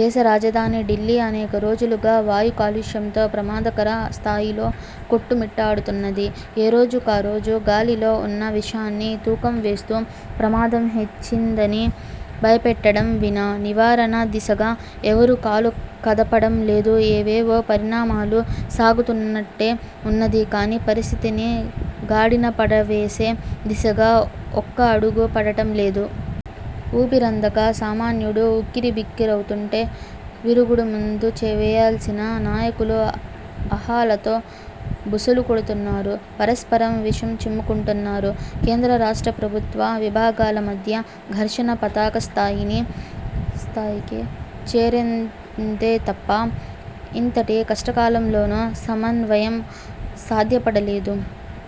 దేశ రాజధాని ఢిల్లీ అనేక రోజులుగా వాయు కాలుష్యంతో ప్రమాదకర స్థాయిలో కొట్టుమిట్టాడుతున్నది. ఏరోజుకారోజు గాలిలో ఉన్న విషాన్ని తూకం వేస్తూ, ప్రమాదం హెచ్చిందని భయపెట్టడం వినా నివారణ దిశగా ఎవరూ కాలు కదపడం లేదు. ఏవేవో పరిణామాలు సాగుతున్నట్టే ఉన్నది కానీ, పరిస్థితిని గాడినపడవేసే దిశగా ఒక్క అడుగూ పడటం లేదు. ఊపిరందక సామాన్యుడు ఉక్కిరిబిక్కిరవుతుంటే, విరుగుడు మందు వేయాల్సిన నాయకులు అహాలతో బుసలుకొడుతున్నారు. పరస్పరం విషం చిమ్ముకుంటున్నారు. కేంద్ర, రాష్ట్ర ప్రభుత్వ విభాగాల మధ్య ఘర్షణ పతాకస్థాయిని స్థాయికి చేరిందే తప్ప, ఇంతటి కష్టకాలంలోనూ సమన్వయం సాధ్యపడలేదు.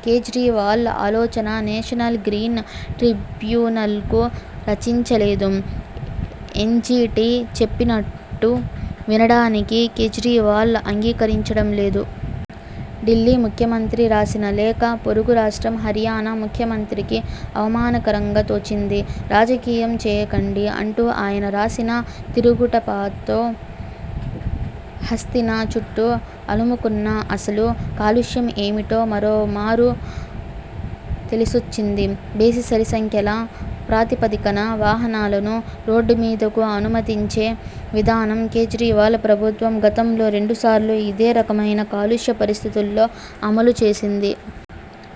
కేజ్రీవాల్ ఆలోచన నేషనల్ గ్రీన్ ట్రిబ్యునల్కు రుచించ లేదు. ఎన్జీటీ చెప్పినట్టు వినడానికి కేజ్రీవాల్ అంగీకరించడం లేదు. ఢిల్లీ ముఖ్యమంత్రి రాసిన లేఖ పొరుగు రాష్ట్రం హర్యానా ముఖ్యమంత్రికి అవమానకరంగా తోచింది. రాజకీయం చేయకండి అంటూ ఆయన రాసిన తిరుగుటపాతో హస్తిన చుట్టూ అలుముకున్న అసలు కాలుష్యం ఏమిటో మరోమారు తెలిసొచ్చింది. బేసి, సరిసంఖ్యల ప్రాతిపదికన వాహనాలను రోడ్డుమీదకు అనుమతించే విధానం కేజ్రీవాల్ ప్రభుత్వం గతంలో రెండుసార్లు ఇదేరకమైన కాలుష్య పరిస్థితుల్లో అమలుచేసింది.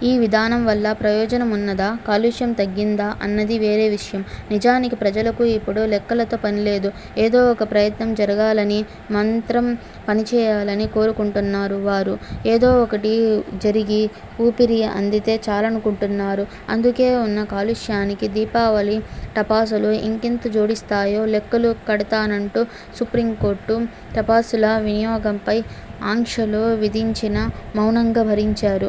ఈ విధానం వల్ల ప్రయోజనం ఉన్నదా, కాలుష్యం తగ్గిందా అన్నది వేరే విషయం. నిజానికి ప్రజలకు ఇప్పుడు లెక్కలతో పనిలేదు. ఏదోఒక ప్రయత్నం జరగాలనీ, మంత్రం పనిచేయాలనీ కోరుకుంటున్నారు వారు. ఏదో ఒకటి జరిగి ఊపిరి అందితే చాలనుకుంటున్నారు. అందుకే, ఉన్న కాలుష్యానికి దీపావళి టపాసులు ఇంకెంత జోడిస్తాయో లెక్కలు కడతానంటూ సుప్రీంకోర్టు టపాసుల వినియోగంపై ఆంక్షలు విధించినా మౌనంగా భరించారు.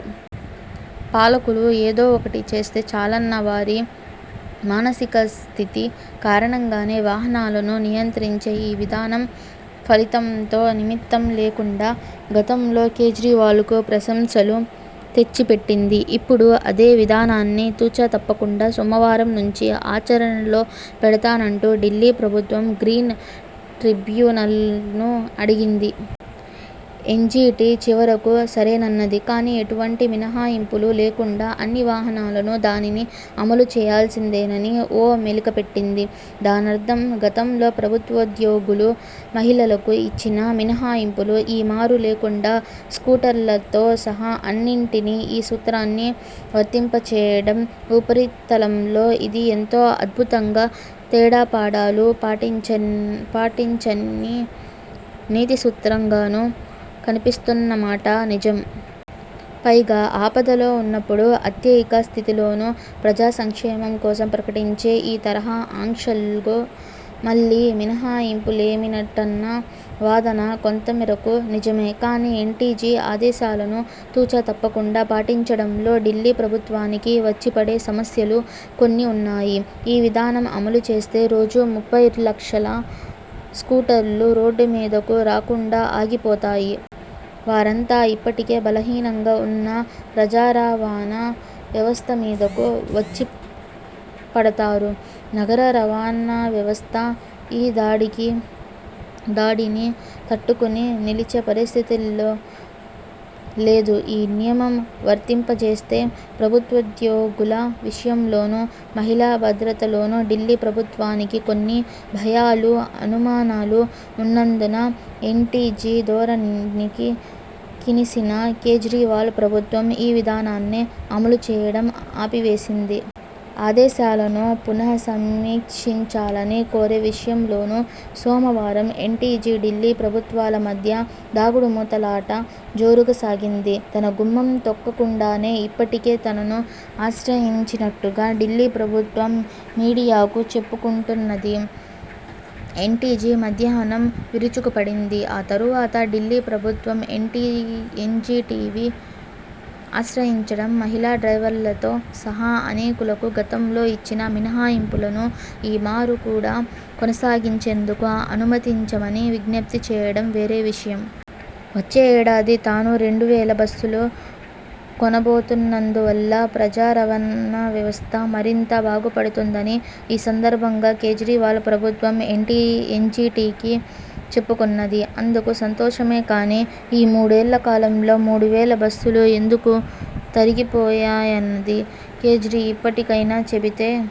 పాలకులు ఏదో ఒకటి చేస్తే చాలన్న వారి మానసికస్థితి కారణంగానే, వాహనాలను నియంత్రించే ఈ విధానం ఫలితంతో నిమిత్తం లేకుండా గతంలో కేజ్రీవాల్కు ప్రశంసలు తెచ్చిపెట్టింది. ఇప్పుడూ అదే విధానాన్ని తూచ తప్పకుండా సోమవారం నుంచి ఆచరణలో పెడతానంటూ ఢిల్లీ ప్రభుత్వం గ్రీన్ ట్రిబ్యునల్ను అడిగింది. ఎన్జీటీ చివరకు సరేనన్నది కానీ, ఎటువంటి మినహాయింపులూ లేకుండా అన్నివాహనాలను దానిని అమలు చేయాల్సిందేనని ఓ మెలికపెట్టింది. దానర్థం గతంలో ప్రభుత్వోద్యోగులు, మహిళలకు ఇచ్చిన మినహాయింపులు ఈ మారు లేకుండా, స్కూటర్లతో సహా అన్నింటిని ఈ సూత్రాన్ని వర్తింపచేయడం. ఉపరితలంలో ఇది ఎంతో అద్భుతంగా, తేడాపాడాలు పాటించని నీతిసూత్రంగానూ కనిపిస్తున్నమాట నిజం. పైగా ఆపదలో ఉన్నప్పుడూ, అత్యయిక స్థితిలోనూ ప్రజాసంక్షేమం కోసం ప్రకటించే ఈ తరహా ఆంక్షల్లో మళ్ళీ మినహాయింపులేమిటన్న వాదన కొంతమేరకు నిజమే. కానీ, ఎన్టిజి ఆదేశాలను తూచ తప్పకుండా పాటించడంలో ఢిల్లీ ప్రభుత్వానికి వచ్చిపడే సమస్యలు కొన్ని ఉన్నాయి. ఈ విధానం అమలుచేస్తే, రోజూ ముప్పైలక్షల స్కూటర్లు రోడ్డుమీదకు రాకుండా ఆగిపోతాయి. వారంతా ఇప్పటికే బలహీనంగా ఉన్న ప్రజారవాణా వ్యవస్థమీదకు వచ్చిపడతారు. నగర రవాణావ్యవస్థ ఈ దాడికి దాడిని తట్టుకొని నిలిచే పరిస్థితిలో లేదు. ఈ నియమం వర్తింపచేస్తే ప్రభుత్వోద్యోగుల విషయంలోనూ, మహిళాభద్రతలోనూ ఢిల్లీ ప్రభుత్వానికి కొన్ని భయాలూ అనుమానాలూ ఉన్నందున ఎన్టిజీ ధోరణికి కినిసిన కేజ్రీవాల్ ప్రభుత్వం ఈ విధానాన్నే అమలుచేయడం ఆపివేసింది. ఆదేశాలను పునఃసమీక్షించాలని కోరే విషయంలోనూ సోమవారం ఎన్జిటీ, ఢిల్లీ ప్రభుత్వాల మధ్య దాగుడుమూతలాట జోరుగా సాగింది. తన గుమ్మం తొక్కకుండానే ఇప్పటికే తనను ఆశ్రయించినట్టుగా ఢిల్లీ ప్రభుత్వం మీడియాకు చెప్పుకుంటున్నది ఎన్జీటీ మధ్యాహ్నం విరుచుకుపడింది. ఆ తరువాత ఢిల్లీ ప్రభుత్వం ఎన్జీటీని ఆశ్రయించడం, మహిళా డ్రైవర్లతో సహా అనేకులకు గతంలో ఇచ్చిన మినహాయింపులను ఈ మారు కూడా కొనసాగించేందుకు అనుమతించమని విజ్ఞప్తిచేయడం వేరే విషయం. వచ్చే ఏడాది తాను రెండువేల బస్సులు కొనబోతున్నందువల్ల ప్రజారవాణావ్యవస్థ మరింత బాగుపడుతుందని ఈ సందర్భంగా కేజ్రీవాల్ ప్రభుత్వం ఎన్జీటీకి చెప్పుకున్నది. అందుకు సంతోషమే కానీ, ఈ మూడేళ్ళకాలంలో మూడువేల బస్సులు ఎందుకు తరిగిపోయాయన్నది కేజ్రీ ఇప్పటికైనా చెబితే